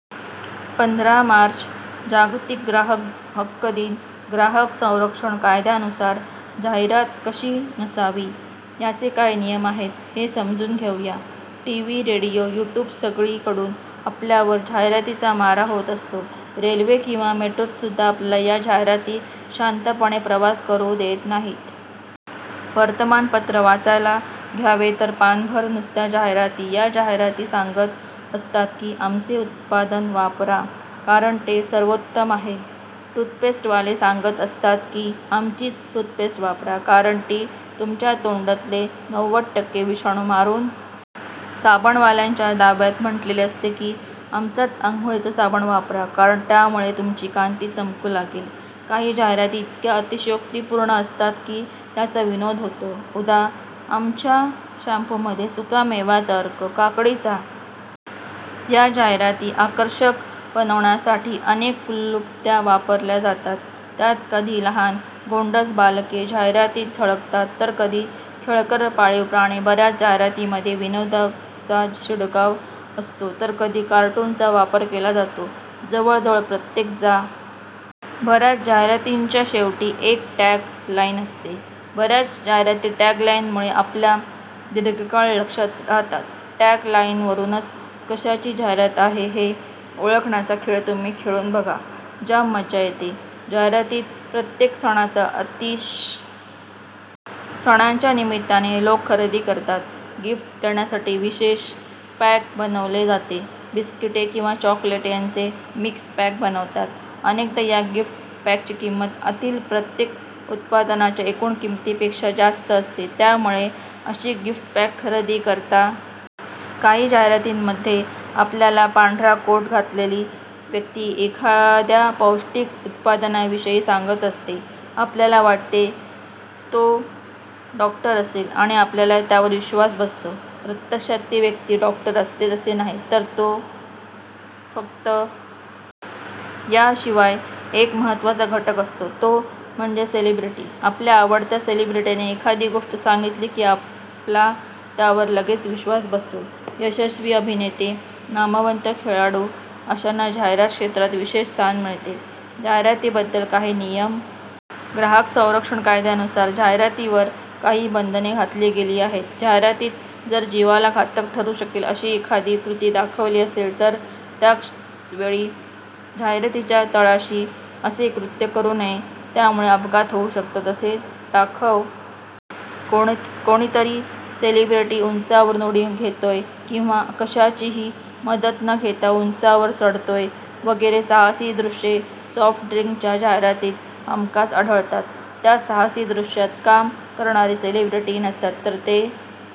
पंधरा मार्च, जागतिक ग्राहक हक्क दिन. ग्राहक संरक्षण कायद्यानुसार जाहिरात कशी नसावी, याचे काही नियम आहेत. ते समजून घेऊ या. टीव्ही, रेडियो, यूट्यूब सगळीकडून आपल्यावर जाहिरातींचा मारा होत असतो. रेल्वे किंवा मेट्रोतसुद्धा आपल्याला या जाहिराती शांतपणे प्रवास करू देत नाहीत. वर्तमानपत्र वाचायला घ्यावे, तर पानभर नुसत्या जाहिराती. या जाहिराती सांगत असतात की, आमचे उत्पादन वापरा, कारण ते सर्वोत्तम आहे. टूथपेस्टवाले सांगत असतात की, आमचीच टूथपेस्ट वापरा, कारण ती तुमच्या तोंडातले नव्वद टक्के विषाणू मारून टाकते. साबणवाल्यांच्या दाव्यात म्हटलेले असते की, आमचाच अंघोळीचा साबण वापरा, कारण त्यामुळे तुमची कांती चमकू लागेल. काही जाहिराती इतक्या अतिशयोक्तीपूर्ण असतात की, त्याचा विनोद होतो. उदा. आमच्या शाम्पूमध्ये सुक्या मेव्याचा अर्क, काकडीचा अर्क, कांद्याचा अर्क अशी काही पोषणमूल्ये आहेत की, त्यामुळे तुमचे केस घनदाट होतील. या जाहिराती आकर्षक बनवण्यासाठी अनेक क्लृप्त्या वापरल्या जातात. त्यात कधी लहान गोंडस बालके जाहिरातीत झळकतात, तर कधी खेळकर पाळीव प्राणी. बऱ्याच जाहिरातींमध्ये विनोदाचा शिडकावा असतो, तर कधी कार्टूनचा वापर केला जातो. जवळ जवळ प्रत्येक जाहिरातीत चार-पाच वाक्यांत सांगता येण्यासारखी गोष्ट असते. बऱ्याच जाहिरातींच्या शेवटी एक टॅग लाइनअसते. बऱ्याच जाहिराती टॅग लाइनमुळे आपल्या दीर्घकाळ लक्षात राहतात. टॅग लाइनवरून कशाची जाहिरात आहे हे ओळखण्याचा खेळ तुम्ही खेळून बघा, जाम मजा येते. जाहिरातीत प्रत्येक सणाचा अतिशय हुशारीने उपयोग केला जातो. सणांच्या निमित्ताने लोक खरेदी करतात. गिफ्ट देण्यासाठी विशेष पॅक बनवले जाते. बिस्किटे किंवा चॉकलेट यांचे मिक्स पॅक बनवतात. अनेकदा या गिफ्ट पॅकची किंमत आतील प्रत्येक उत्पादनाच्या एकूण किमतीपेक्षा जास्त असते. त्यामुळे अशी गिफ्ट पॅक खरेदी करताना त्याची किंमत मोजून बघा. काही जाहिरातींमध्ये आपल्याला पांढरा कोट घातलेली व्यक्ती एखाद्या पौष्टिक उत्पादनाविषयी सांगत असते. आपल्याला वाटते, तो ी डॉक्टर असेल आणि आपला त्यावर विश्वास बसतो. प्रत्यक्षात ती व्यक्ती डॉक्टर असतेच असे नाही, तर तो ी फक्त जाहिरातीत काम करणारा अभिनेता असतो. याशिवाय एक महत्त्वाचा घटक असतो, तो म्हणजे सेलिब्रिटी. आपल्या आवडत्या सेलिब्रिटीने एखादी गोष्ट सांगितली की, आपला त्यावर लगेच विश्वास बसतो. यशस्वी अभिनेते, नामवंत खेळाडू अशांना जाहिरात क्षेत्रांत विशेष स्थान मिळते. जाहिरातींबद्दल काही नियम आहेत. ग्राहक संरक्षण कायद्यानुसार जाहिरातींवर काही बंधने घातली गेली आहेत. जाहिरातीत जर जीवाला घातक ठरू शकेल अशी एखादी कृती दाखवली असेल तर त्याच वेळी जाहिरातीच्या तळाशी असे कृत्य करू नये. त्यामुळे अपघात होऊ शकतात, असे दाखवणे जरुरीचे आहे. कोणीतरी सेलिब्रिटी उंचावरून उडी घेतोय, किंवा कशाचीही मदत न घेता उंचावर चढतोय वगैरे साहसी दृश्ये सॉफ्ट ड्रिंकच्या जाहिरातीत हमखास आढळतात. त्या साहसी दृश्यात काम करणारे सेलिब्रिटी नसतात, तर ते